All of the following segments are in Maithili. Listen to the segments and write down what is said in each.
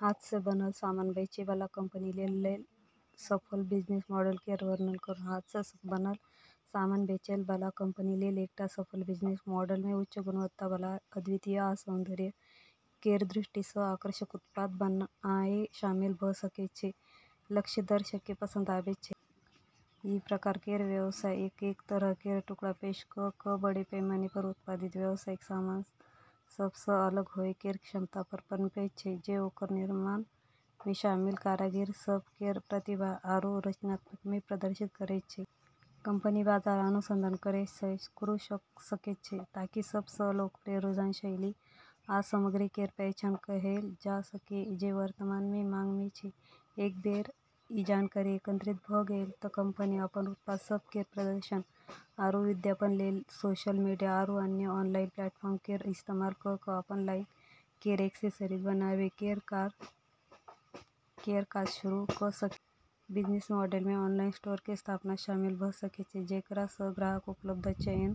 हाथ सँ बनल सामान बेचै बला कंपनी लेल सफल बिजनेस मॉडल केर वर्णन करू। हाथ सँ बनल सामान बेचै बला कंपनी लेल एकटा सफल बिजनेस मॉडल मे उच्च गुणवत्ता बला, अद्वितीय आ सौंदर्य केर दृष्टि सँ आकर्षक उत्पाद बनानाय शामिल भऽ सकैत छै जे लक्षित दर्शक केँ पसंद आबैत छै। ई प्रकार केर व्यवसाय एक-एक तरह केर टुकड़ा पेश कऽ कऽ बड़े पैमाने पर उत्पादित, व्यावसायिक सामान सभ सँ अलग होए केर क्षमता पर पनपैत छै जे ओकर निर्माण मे शामिल कारीगर सभ केर प्रतिभा आरू रचनात्मकता केँ प्रदर्शित करैत छै। कंपनी बाजार अनुसंधान करै सँ शुरू कऽ सकैत छै ताकि सब सँ लोकप्रिय रुझान, शैली आ सामग्री केर पहचान कएल जा सकै जे वर्तमान मे मांग मे छै। एक बेर ई जानकारी एकत्रित भऽ गेलै तँ कंपनी अपन उत्पाद सभ केर प्रदर्शन आरू विज्ञापन लेल सोशल मीडिया आरू अन्य ऑनलाइन प्लेटफॉर्म केर इस्तेमाल कऽ कऽ अपन लाइन केर एक्सेसरीज बनाबै केर काज शुरू कऽ सकैत छै। बिजनेस मॉडल मे ऑनलाइन स्टोर केर स्थापना शामिल भऽ सकैत छै, जेकरा सँ ग्राहक उपलब्ध चयन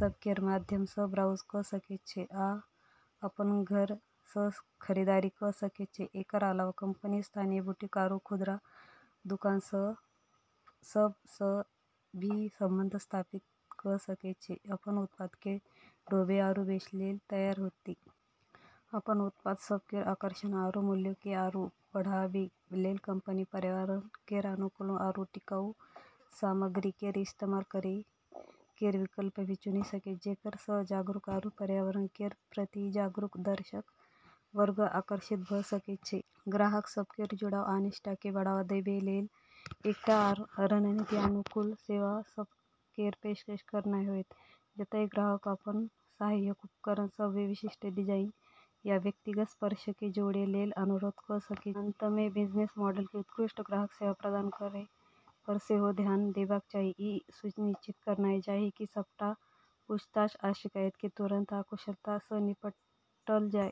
सभ केर माध्यम सँ ब्राउज कऽ सकैत छै आ अपन घर सँ खरीदारी कऽ सकैत छै। एकर अलावा कंपनी स्थानीय बुटीक आरू खुदरा दुकान सभ सँ भी संबंध स्थापित कऽ सकैत छै जे अपन उत्पाद केँ ढोबै आरू बेचै लेल तैयार हेतै। अपन उत्पाद सभ केर आकर्षण आरू मूल्य केँ आरू बढ़ाबै लेल कंपनी पर्यावरण केर अनुकूल आरू टिकाऊ सामग्री केर इस्तेमाल करै केर विकल्प भी चुनि सकैत छै, जेकरा सँ जागरूक आरू पर्यावरण केर प्रति जागरूक दर्शक वर्ग आकर्षित भऽ सकैत छै। ग्राहक सभ केर जुड़ाव आ निष्ठा केँ बढ़ावा देबै लेल एकटा आर रणनीति अनुकूलन सेवा सभ केर पेशकश करनाय होएत, जतय ग्राहक अपन सहायक उपकरण सभ मे विशिष्ट डिजाइन या व्यक्तिगत स्पर्श केँ जोड़ै लेल अनुरोध कऽ सकैत छै। अंत मे, बिजनेस मॉडल केँ उत्कृष्ट ग्राहक सेवा प्रदान करै पर सेहो ध्यान देबाक चाही, ई सुनिश्चित करनाय चाही कि सबटा पूछताछ आ शिकायत केँ तुरंत आ कुशलता सँ निपटायल जाय।